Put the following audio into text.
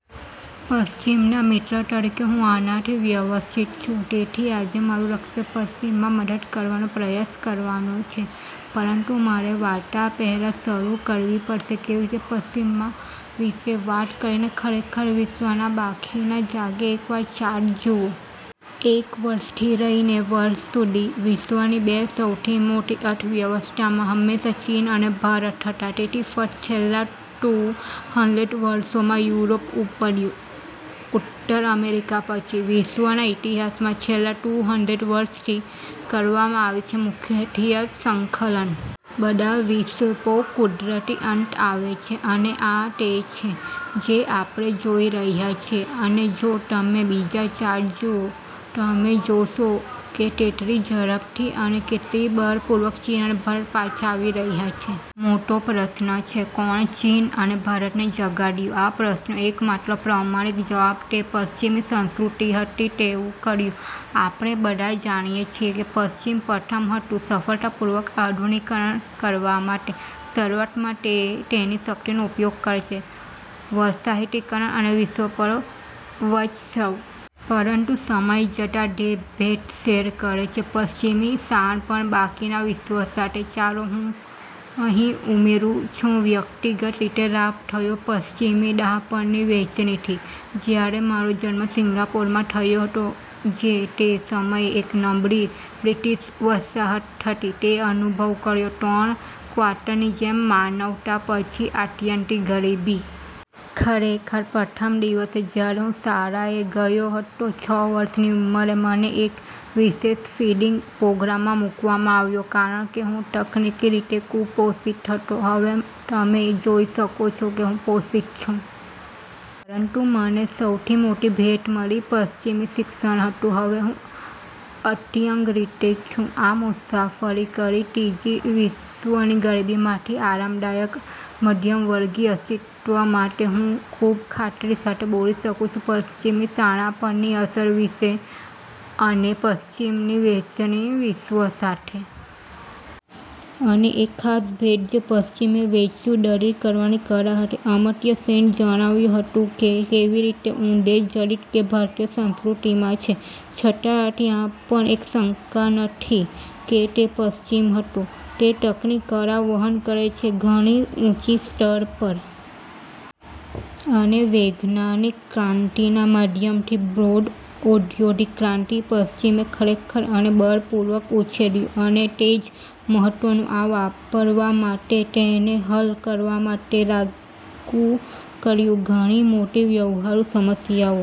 પશ્ચિમના મિત્ર તરીકે હું આનાથી વ્યથિત છું. તેથી આજે મારું લક્ષ્ય પશ્ચિમમાં મદદ કરવાનો પ્રયાસ કરવાનો છે. પરંતુ મારે વાર્તા પહેલા શરૂ કરવી પડશે કેવી રીતે પશ્ચિમમાં વિશે વાત કરીને ખરેખર વિશ્વના બાકીના જાગે એકવાર ચાર્ટ જુઓ. એક વર્ષથી લઈને વર્ષ સુધી, વિશ્વની બે સૌથી મોટી અર્થવ્યવસ્થા હંમેશાં ચીન અને ભારત હતા. તેથી ફક્ત છેલ્લા ટુ હન્ડ્રેડ વર્ષોમાં યુરોપ ઉપડ્યો ઉત્તર અમેરિકા પછી. વિશ્વના ઇતિહાસમાં છેલ્લા ટુ હન્ડ્રેડ વર્ષ થી કરવામાં આવી છે મુખ્ય ઐતિહાસિક સ્ખલન. બધા વિક્ષેપો કુદરતી અંત આવે છે અને આ તે છે જે આપણે જોઈ રહ્યા છીએ. અને જો તમે બીજા ચાર્ટ જુઓ, તમે જોશો કે કેટલી ઝડપથી અને કેટલી બળપૂર્વક ચીન અને ભારત પાછા આવી રહ્યા છે. મોટો પ્રશ્ન છે, "કોણે ચીન અને ભારતને જગાડ્યું?" આ પ્રશ્નનો એકમાત્ર પ્રામાણિક જવાબ તે પશ્ચિમી સંસ્કૃતિ હતી તેવું કર્યું. આપણે બધા જાણીએ છીએ કે પશ્ચિમ પ્રથમ હતું સફળતાપૂર્વક આધુનિકીકરણ કરવા માટે. શરૂઆતમાં તે તેની શક્તિનો ઉપયોગ કરે છે વસાહતીકરણ અને વિશ્વ પર વર્ચસ્વ. પરંતુ સમય જતાં, તે ભેટ શેર કરે છે પશ્ચિમી શાણપણ બાકીના વિશ્વ સાથે. ચાલો હું અહીં ઉમેરું છું વ્યક્તિગત રીતે લાભ થયો પશ્ચિમી ડહાપણની વહેંચણીથી. જ્યારે મારો જન્મ સિંગાપોરમાં થયો હતો, જે તે સમયે એક નબળી બ્રિટીશ વસાહત હતી, મેં અનુભવ કર્યો, ત્રણ ક્વાર્ટરની જેમ માનવતા પછી આત્યંતિક ગરીબી. ખરેખર, પ્રથમ દિવસે જ્યારે હું શાળાએ ગયો હતો છ વર્ષની ઉંમરે, મને એક વિશેષ ફીડિંગ પ્રોગ્રામમાં મૂકવામાં આવ્યો કારણ કે હું તકનીકી રીતે કુપોષિત હતો. હવે તમે જોઈ શકો છો કે હું પોષિત છું. પરંતુ મને સૌથી મોટી ભેટ મળી પશ્ચિમી શિક્ષણ હતું. હવે હું અંગત રીતે છું. આ મુસાફરી કરી ત્રીજી વિશ્વની ગરીબીમાંથી આરામદાયક મધ્યમવર્ગીય અસ્તિત્વ માટે. હું ખૂબ ખાતરી સાથે બોલી શકું છું પશ્ચિમી શાણપણની અસર વિશે અને પશ્ચિમીની વહેંચણી વિશ્વ સાથે. અને એક ખાસ ભેટ જે પશ્ચિમે વહેંચ્યું દલીલ કરવાની કળા હતી. અમર્ત્ય સેન જણાવ્યું હતું કે કેવી રીતે ઊંડે જડિત તે ભારતીય સંસ્કૃતિમાં છે. છતાં ત્યાં પણ કોઈ શંકા નથી કે તે પશ્ચિમ હતો તે તર્કની કળા વહન કરે છે ઘણી ઊંચી સ્તર પર. અને વૈજ્ઞાનિક ક્રાંતિના માધ્યમથી બોધ, ઔદ્યોગિક ક્રાંતિ, પશ્ચિમે ખરેખર તેને બળપૂર્વક ઉછેર્યું અને તે જ મહત્વનું આ વાપરવા માટે તેને હલ કરવા માટે લાગુ કર્યું ઘણી મોટી વ્યવહારુ સમસ્યાઓ.